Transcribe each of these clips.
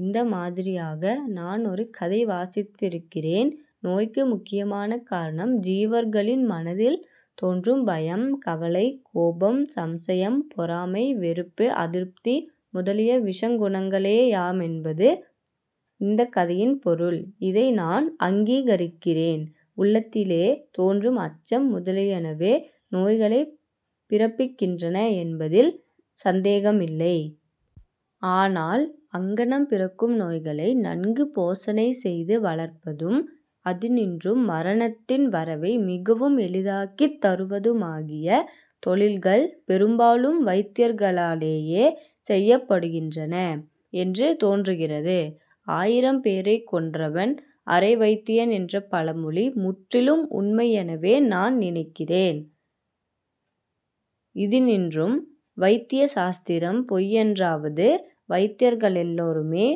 இந்த மாதிரியாக நான் ஒரு கதை வாசித்திருக்கிறேன். நோய்க்கு முக்கியமான காரணம் ஜீவர்களின் மனதில் தோன்றும் பயம், கவலை, கோபம், சம்சயம், பொறாமை, வெறுப்பு, அதிருப்தி முதலிய விஷகுணங்களேயாமென்பது இந்தக் கதையின் பொருள். இதை நான் அங்கீகரிக்கிறேன். உள்ளத்திலே தோன்றும் அச்சம் முதலியனவே நோய்களைப் பிறப்பிக்கின்றன என்பதில் சந்தேகமில்லை. ஆனால் அங்ஙனம் பிறக்கும் நோய்களை நன்கு போஷணை செய்து வளர்ப்பதும், அதினின்றும் மரணத்தின் வரவை மிகவும் எளிதாக்கித் தருவதுமாகிய தொழில்கள் பெரும்பாலும் வைத்தியர்களாலேயே செய்யப்படுகின்றன என்று தோன்றுகிறது. ஆயிரம் பேரைக் கொன்றவன் அரை வைத்தியன் என்ற பழமொழி முற்றிலும் உண்மையெனவே நான் நினைக்கிறேன். இதினின்றும் வைத்திய சாஸ்திரம் பொய்யென்றாவது, வைத்தியர்களெல்லாருமே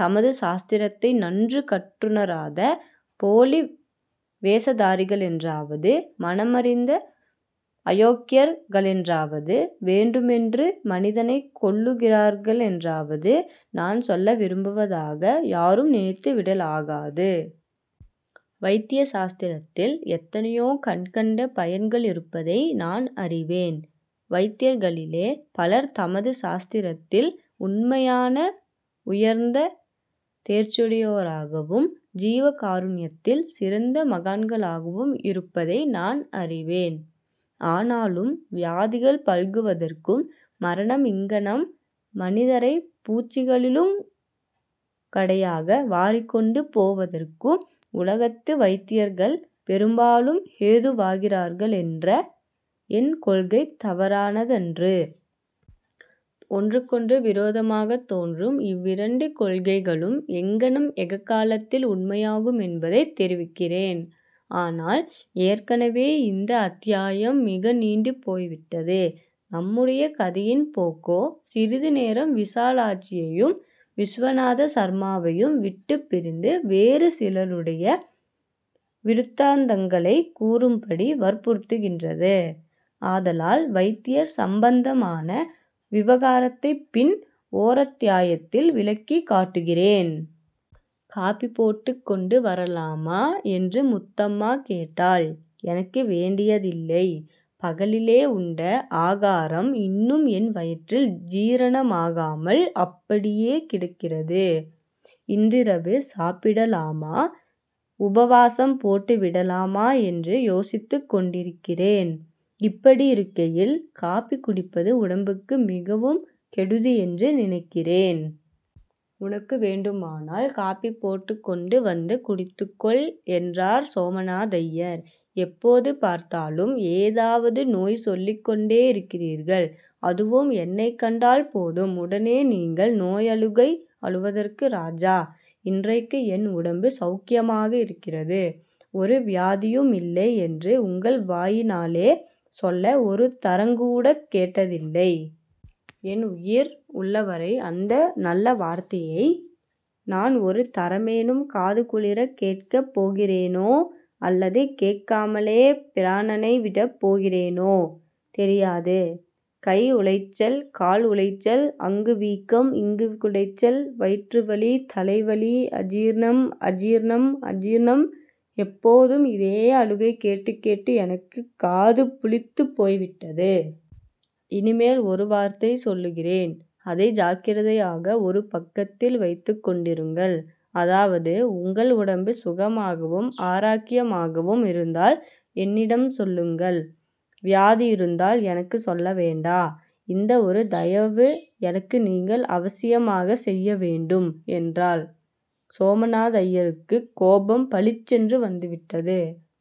தமது சாஸ்த்திரத்தை நன்று கற்றுணராத போலி வேஷதாரிகளென்றாவது மனமறிந்த அயோக்யர்-களென்றாவது, வேண்டுமென்று மனிதனைக் கொல்லுகிறார்களென்றாவது நான் சொல்ல விரும்புவதாக யாரும் நினைத்து விடலாகாது. வைத்திய சாஸ்திரத்தில் எத்தனையோ கண்கண்ட பயன்களிருப்பதை நான் அறிவேன். வைத்தியர்களிலே பலர் தமது சாஸ்திரத்தில் உண்மையான உயர்ந்த தேர்ச்சியுடையோராகவும் ஜீவகாருண்யத்தில் சிறந்த மகான்களாகவும் இருப்பதை நான் அறிவேன். ஆனாலும், வியாதிகள் பல்குவதற்கும், மரணம் இங்ஙனம் மனிதரைப் பூச்சிகளிலுங் கடையாக வாரிக்கொண்டு போவதற்கும் உலகத்து வைத்தியர்கள் பெரும்பாலும் ஹேதுவாகிறார்களென்ற என் கொள்கை தவறானதன்று. ஒன்றுக்கொன்று விரோதமாகத் தோன்றும் இவ்விரண்டு கொள்கைகளும் எங்ஙனம் ஏககாலத்தில் உண்மையாகுமென்பதைத் தெரிவிக்கிறேன். ஆனால், ஏற்கெனவே இந்த அத்தியாயம் மிக நீண்டு போய்விட்டது. நம்முடைய கதையின் போக்கோ சிறிது நேரம் விசாலாட்சியையும் விசுவநாத சர்மாவையும் விட்டுப் பிரிந்து வேறு சிலருடைய விருத்தாந்தங்களைக் கூறும்படி வற்புறுத்துகின்றது. ஆதலால் வைத்தியர் சம்பந்தமான விவகாரத்தைப் பின் ஓரத்யாயத்தில் விளக்கிக் காட்டுகிறேன். ''காபி போட்டுக் கொண்டு வரலாமா? '' என்று முத்தம்மா கேட்டாள். ''எனக்கு வேண்டியதில்லை. பகலிலே உண்ட ஆகாரம் இன்னும் என் வயிற்றில் ஜீரணமாகாமல் அப்படியே கிடக்கிறது. இன்றிரவு சாப்பிடலாமா, உபவாசம் போட்டு விடலாமா என்று யோசித்துக் கொண்டிருக்கிறேன். இப்படியிருக்கையில் காபி குடிப்பது உடம்புக்கு மிகவும் கெடுதியென்று நினைக்கிறேன். உனக்கு வேண்டுமானால் காபி போட்டுக் கொண்டு வந்து குடித்துக் கொள்'' என்றார் சோமநாதய்யர். ''எப்போது பார்த்தாலும் ஏதாவது நோய் சொல்லிக் கொண்டேயிருக்கிறீர்கள். அதுவும் என்னைக் கண்டால் போதும், உடனே நீங்கள் நோயழுகை அழுவதற்கு ராஜா. 'இன்றைக்கு என் உடம்பு ஸௌக்யமாக இருக்கிறது. ஒரு வியாதியுமில்லை' என்று உங்கள் வாயினாலே சொல்ல ஒரு தரங்கூடக் கேட்டதில்லை. என் உயிர் உள்ளவரை அந்த நல்ல வார்த்தையை நான் ஒரு தரமேனும் காது குளிரக் கேட்கப் போகிறேனோ, அல்லது கேட்காமலே பிராணனை விடப் போகிறேனோ, தெரியாது. கை உளைச்சல், கால் உளைச்சல், அங்கு வீக்கம், இங்கு குடைச்சல், வயிற்றுவலி, தலைவலி, அஜீர்ணம், அஜீர்ணம், அஜீர்ணம்-எப்போதும் இதே அழுகை கேட்டுக் கேட்டு எனக்குக் காது புளித்துப் போய்விட்டது. இனிமேல் ஒரு வார்த்தை சொல்லுகிறேன். அதை ஜாக்கிரதையாக ஒரு பக்கத்தில் வைத்துக் கொண்டிருங்கள். அதாவது, உங்கள் உடம்பு சுகமாகவும் ஆராக்கியமாகவும் இருந்தால் என்னிடம் சொல்லுங்கள். வியாதியிருந்தால் எனக்குச் சொல்ல வேண்டா. இந்த ஒரு தயவு எனக்கு நீங்கள் அவசியமாகச் செய்யவேண்டும்'' என்றாள். சோமநாதய்யருக்குக் கோபம் பளிச்சென்று வந்துவிட்டது.